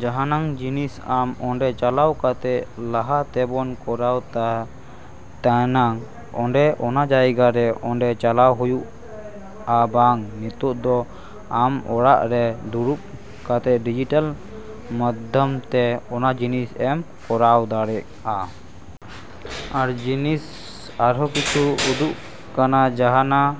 ᱡᱟᱦᱟᱸ ᱡᱤᱱᱤᱥ ᱟᱢ ᱚᱸᱰᱮ ᱪᱟᱞᱟᱣ ᱠᱟᱛᱮᱜ ᱞᱟᱦᱟ ᱛᱮᱵᱚᱱ ᱠᱚᱨᱟᱣ ᱛᱟᱦᱮᱸᱜ, ᱚᱸᱰᱮ ᱚᱱᱟ ᱡᱟᱭᱜᱟ ᱨᱮ ᱚᱸᱰᱮ ᱪᱟᱞᱟᱣ ᱦᱩᱭᱩᱜᱼᱟ ᱵᱟᱝ᱾ ᱱᱤᱛᱚᱜ ᱫᱚ ᱟᱢ ᱚᱲᱟᱜ ᱨᱮ ᱫᱩᱲᱩᱵ ᱠᱟᱛᱮᱜ ᱰᱤᱡᱤᱴᱟᱞ ᱢᱟᱫᱽᱫᱷᱚᱢ ᱛᱮ ᱚᱱᱟ ᱡᱤᱱᱤᱥ ᱮᱢ ᱠᱚᱨᱟᱣ ᱫᱟᱲᱮᱭᱟᱜᱼᱟ᱾ ᱟᱨ ᱡᱤᱱᱤᱥ ᱟᱨᱦᱚᱸ ᱠᱤᱪᱷᱩ ᱩᱰᱩᱠ ᱠᱟᱱᱟ ᱡᱟᱦᱟᱸ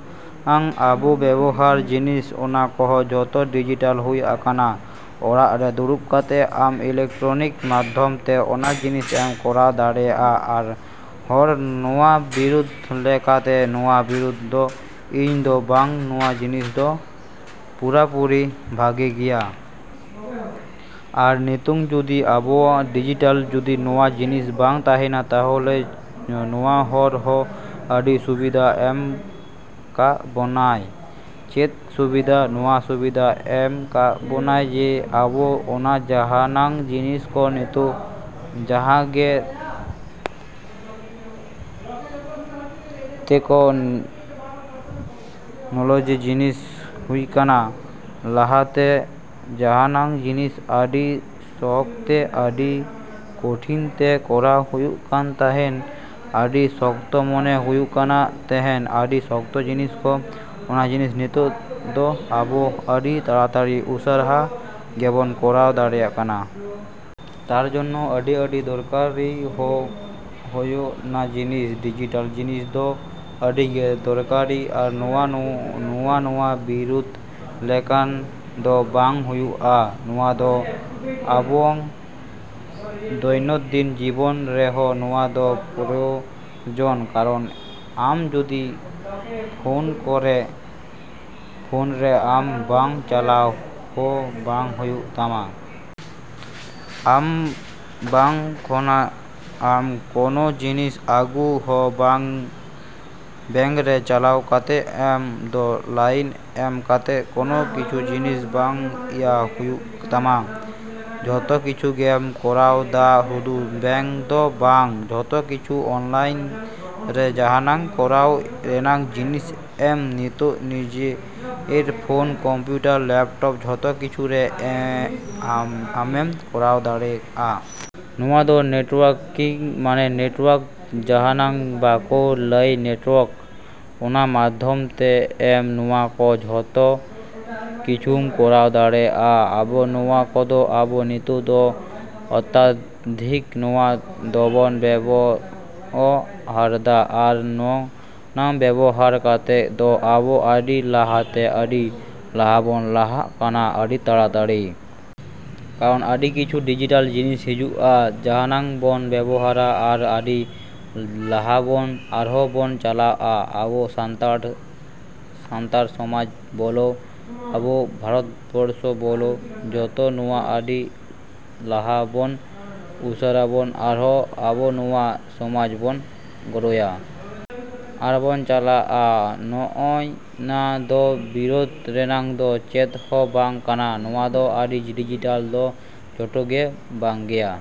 ᱟᱵᱚ ᱵᱮᱵᱚᱦᱟᱨ ᱡᱤᱱᱤᱥ, ᱚᱱᱟ ᱠᱚᱦᱚᱸ ᱡᱚᱛᱚ ᱰᱤᱡᱤᱴᱟᱞ ᱦᱩᱭ ᱠᱟᱱᱟ᱾ ᱚᱲᱟᱜ ᱨᱮ ᱫᱩᱲᱩᱵ ᱠᱟᱛᱮᱜ ᱟᱢ ᱤᱞᱮᱠᱴᱨᱚᱱᱤᱠ ᱢᱟᱫᱽᱫᱷᱚᱢ ᱛᱮ ᱚᱱᱟ ᱡᱤᱱᱤᱥ ᱮᱢ ᱠᱚᱨᱟᱣ ᱫᱟᱲᱮᱭᱟᱜᱼᱟ᱾ ᱟᱨ ᱱᱚᱣᱟ ᱦᱚᱲ ᱱᱚᱣᱟ ᱵᱤᱨᱩᱫᱷ ᱞᱮᱠᱟᱛᱮ ᱱᱚᱣᱟ ᱵᱤᱨᱩᱫᱷ ᱫᱚ ᱤᱧ ᱫᱚ ᱵᱟᱝ, ᱱᱚᱣᱟ ᱡᱤᱱᱤᱥ ᱫᱚ ᱯᱩᱨᱟᱹᱯᱩᱨᱤ ᱵᱷᱟᱜᱮᱭᱟ᱾ ᱟᱨ ᱱᱤᱛᱳᱝ ᱡᱩᱫᱤ ᱟᱵᱚᱣᱟᱜ ᱰᱤᱡᱤᱴᱟᱞ ᱡᱩᱫᱤ ᱱᱚᱣᱟ ᱡᱤᱱᱤᱥ ᱵᱟᱝ ᱛᱟᱦᱮᱱᱟ, ᱛᱟᱦᱚᱞᱮ ᱱᱚᱣᱟ ᱦᱚᱲ ᱦᱚᱸ ᱟᱹᱰᱤ ᱥᱩᱵᱤᱫᱷᱟ ᱮᱢ ᱠᱟᱜ ᱵᱚᱱᱟᱭ᱾ ᱪᱮᱫ ᱥᱩᱵᱤᱫᱷᱟ? ᱱᱚᱣᱟ ᱥᱩᱵᱤᱫᱷᱟ ᱮᱢ ᱠᱟᱜ ᱵᱚᱱᱟᱭ ᱡᱮ ᱟᱵᱚ ᱚᱱᱟ ᱡᱟᱦᱟᱸ ᱡᱤᱱᱤᱥ ᱠᱚ ᱱᱤᱛᱚᱜ ᱡᱟᱦᱟᱸᱭ ᱴᱮᱠᱱᱳᱞᱚᱡᱤ ᱡᱤᱱᱤᱥ ᱦᱩᱭ ᱠᱟᱱᱟ, ᱞᱟᱦᱟᱛᱮ ᱡᱟᱦᱟᱸ ᱡᱤᱱᱤᱥ ᱟᱹᱰᱤ ᱥᱚᱦᱚᱡ ᱛᱮ, ᱟᱹᱰᱤ ᱠᱚᱴᱷᱤᱱ ᱛᱮ ᱠᱚᱨᱟᱣ ᱦᱩᱭᱩᱜ ᱠᱟᱱ ᱛᱟᱦᱮᱸᱜ, ᱟᱹᱰᱤ ᱥᱚᱠᱛᱚ ᱢᱚᱱᱮ ᱦᱩᱭᱩᱜ ᱠᱟᱱ ᱛᱟᱦᱮᱸᱜ, ᱟᱹᱰᱤ ᱥᱚᱠᱛᱚ ᱡᱤᱱᱤᱥ ᱠᱚ, ᱚᱱᱟ ᱡᱤᱱᱤᱥ ᱱᱤᱛᱚᱜ ᱫᱚ ᱟᱵᱚ ᱟᱹᱰᱤ ᱛᱟᱲᱟᱛᱟᱲᱤ ᱩᱥᱟᱹᱨᱟ ᱜᱮᱵᱚᱱ ᱠᱚᱨᱟᱣ ᱫᱟᱲᱮᱭᱟᱜ ᱠᱟᱱᱟ᱾ ᱛᱟᱨᱡᱚᱱᱱᱚ ᱟᱹᱰᱤ ᱟᱹᱰᱤ ᱟᱹᱰᱤ ᱫᱚᱨᱠᱟᱨᱤ ᱦᱚᱜᱼᱚᱭ ᱱᱟ ᱡᱤᱱᱤᱥ᱾ ᱰᱤᱡᱤᱴᱟᱞ ᱡᱤᱱᱤᱥ ᱫᱚ ᱟᱹᱰᱤ ᱜᱮ ᱫᱚᱨᱠᱟᱨᱤ ᱟᱨ ᱱᱚᱣᱟ ᱱᱚᱣᱟ ᱵᱤᱨᱩᱫᱷ ᱞᱮᱠᱷᱟᱱ ᱫᱚ ᱵᱟᱝ ᱦᱩᱭᱩᱜᱼᱟ᱾ ᱱᱚᱣᱟ ᱫᱚ ᱟᱵᱚᱣᱟᱜ ᱫᱚᱭᱱᱚᱱᱫᱤᱱ ᱡᱤᱵᱚᱱ ᱨᱮᱦᱚᱸ ᱱᱚᱣᱟ ᱫᱚ ᱯᱨᱚᱭᱳᱡᱚᱱ᱾ ᱠᱟᱨᱚᱱ ᱟᱢ ᱡᱚᱫᱤ ᱯᱷᱚᱱ ᱠᱚᱨᱮ, ᱯᱷᱚᱱ ᱨᱮ ᱟᱢ ᱵᱮᱝᱠ ᱪᱟᱞᱟᱣ ᱦᱚᱸ ᱵᱟᱝ ᱦᱩᱭᱩᱜ ᱛᱟᱢᱟ᱾ ᱟᱢ ᱵᱮᱝᱠ ᱠᱷᱚᱱᱟᱜ ᱟᱢ ᱠᱚᱱᱚ ᱡᱤᱱᱤᱥ ᱟᱹᱜᱩ ᱦᱚᱸ ᱵᱮᱝᱠ ᱨᱮ ᱪᱟᱞᱟᱣ ᱠᱟᱛᱮᱜ ᱟᱢ ᱫᱚ ᱞᱟᱭᱤᱱ ᱮᱢ ᱠᱟᱛᱮᱜ ᱠᱚᱱᱚ ᱠᱤᱪᱷᱩ ᱡᱤᱱᱤᱥ ᱵᱟᱝ ᱤᱭᱟᱹ ᱦᱩᱭᱩᱜ ᱛᱟᱢᱟ᱾ ᱡᱷᱚᱛᱚ ᱠᱤᱪᱷᱩ ᱜᱮᱢ ᱠᱚᱨᱟᱣ ᱫᱟ᱾ ᱥᱩᱫᱩ ᱵᱮᱝᱠ ᱫᱚ ᱵᱟᱝ, ᱡᱷᱚᱛᱚ ᱠᱤᱪᱷᱩ ᱚᱱᱞᱟᱭᱤᱱ ᱨᱮ ᱡᱟᱦᱟᱸ ᱠᱚᱨᱟᱣ ᱨᱮᱱᱟᱜ ᱡᱤᱱᱤᱥ ᱟᱢ ᱱᱤᱛᱚᱜ ᱱᱤᱡᱮᱨ ᱯᱷᱚᱱ, ᱠᱚᱢᱯᱤᱭᱩᱴᱟᱨ, ᱞᱮᱯᱴᱚᱯ, ᱡᱷᱚᱛᱚ ᱠᱤᱪᱷᱩ ᱨᱮ ᱟᱢᱮᱢ ᱠᱚᱨᱟᱣ ᱫᱟᱲᱮᱭᱟᱜᱼᱟ᱾ ᱱᱚᱣᱟ ᱫᱚ ᱱᱮᱴᱣᱚᱨᱠᱤᱝ ᱢᱟᱱᱮ ᱱᱮᱴᱣᱚᱨᱠ ᱡᱟᱦᱟᱸ ᱵᱟᱠᱚ ᱞᱟᱹᱭᱟ ᱱᱮᱴᱣᱚᱨᱠ, ᱚᱱᱟ ᱢᱟᱫᱽᱫᱷᱚᱢ ᱛᱮ ᱟᱢ ᱱᱚᱣᱟ ᱠᱚ ᱡᱷᱚᱛᱚ ᱠᱤᱪᱷᱩᱢ ᱠᱚᱨᱟᱣ ᱫᱟᱲᱮᱭᱟᱜᱼᱟ᱾ ᱟᱵᱚ ᱱᱚᱣᱟ ᱠᱚᱫᱚ ᱟᱵᱚ ᱱᱤᱛᱚᱜ ᱫᱚ ᱚᱛᱛᱟᱫᱷᱤᱠ ᱱᱚᱣᱟ ᱫᱚᱵᱚᱱ ᱵᱮᱵᱚᱦᱟᱨᱫᱟ᱾ ᱟᱨ ᱱᱚᱜᱼᱱᱟ ᱵᱮᱵᱚᱦᱟᱨ ᱠᱟᱛᱮᱜ ᱫᱚ ᱟᱵᱚ ᱟᱹᱰᱤ ᱞᱟᱦᱟᱛᱮ ᱟᱹᱰᱤ ᱞᱟᱦᱟᱵᱚᱱ ᱞᱟᱦᱟᱜ ᱠᱟᱱᱟ ᱟᱹᱰᱤ ᱛᱟᱲᱟᱛᱟᱲᱤ᱾ ᱠᱟᱨᱚᱱ ᱟᱹᱰᱤ ᱠᱤᱪᱷᱩ ᱰᱤᱡᱤᱴᱟᱞ ᱡᱤᱱᱤᱥ ᱦᱤᱡᱩᱜᱼᱟ ᱡᱟᱦᱟᱸ ᱵᱚᱱ ᱵᱮᱵᱚᱦᱟᱨᱟ ᱟᱨ ᱟᱹᱰᱤ ᱞᱟᱦᱟᱵᱚᱱ ᱟᱨᱦᱚᱸ ᱵᱚᱱ ᱪᱟᱞᱟᱜᱼᱟ᱾ ᱟᱵᱚ ᱥᱟᱱᱛᱟᱲ ᱥᱟᱱᱛᱟᱲ ᱥᱚᱢᱟᱡᱽ ᱵᱚᱞᱚ, ᱟᱵᱚ ᱵᱷᱟᱨᱚᱛᱵᱚᱨᱥᱚ ᱵᱚᱞᱚ, ᱡᱷᱚᱛᱚ ᱱᱚᱣᱟ ᱟᱹᱰᱤ ᱞᱟᱦᱟᱵᱚᱱ ᱩᱥᱟᱹᱨᱟᱵᱚᱱ ᱟᱨᱦᱚᱸ ᱟᱵᱚ ᱱᱚᱣᱟ ᱥᱚᱢᱟᱡᱽ ᱵᱚᱱ ᱜᱨᱳᱭᱟ᱾ ᱟᱨ ᱵᱚᱱ ᱪᱟᱞᱟᱜᱼᱟ᱾ ᱱᱚᱜᱼᱚᱭ ᱱᱟ ᱫᱚ ᱵᱤᱨᱚᱫᱷ ᱨᱮᱱᱟᱜ ᱫᱚ ᱪᱮᱫ ᱦᱚᱸ ᱵᱟᱝ ᱠᱟᱱᱟ᱾ ᱱᱚᱣᱟ ᱫᱚ ᱟᱹᱰᱤ ᱰᱤᱡᱤᱴᱟᱞ ᱫᱚ ᱡᱷᱚᱛᱚ ᱜᱮ ᱵᱷᱟᱜᱮᱭᱟ᱾।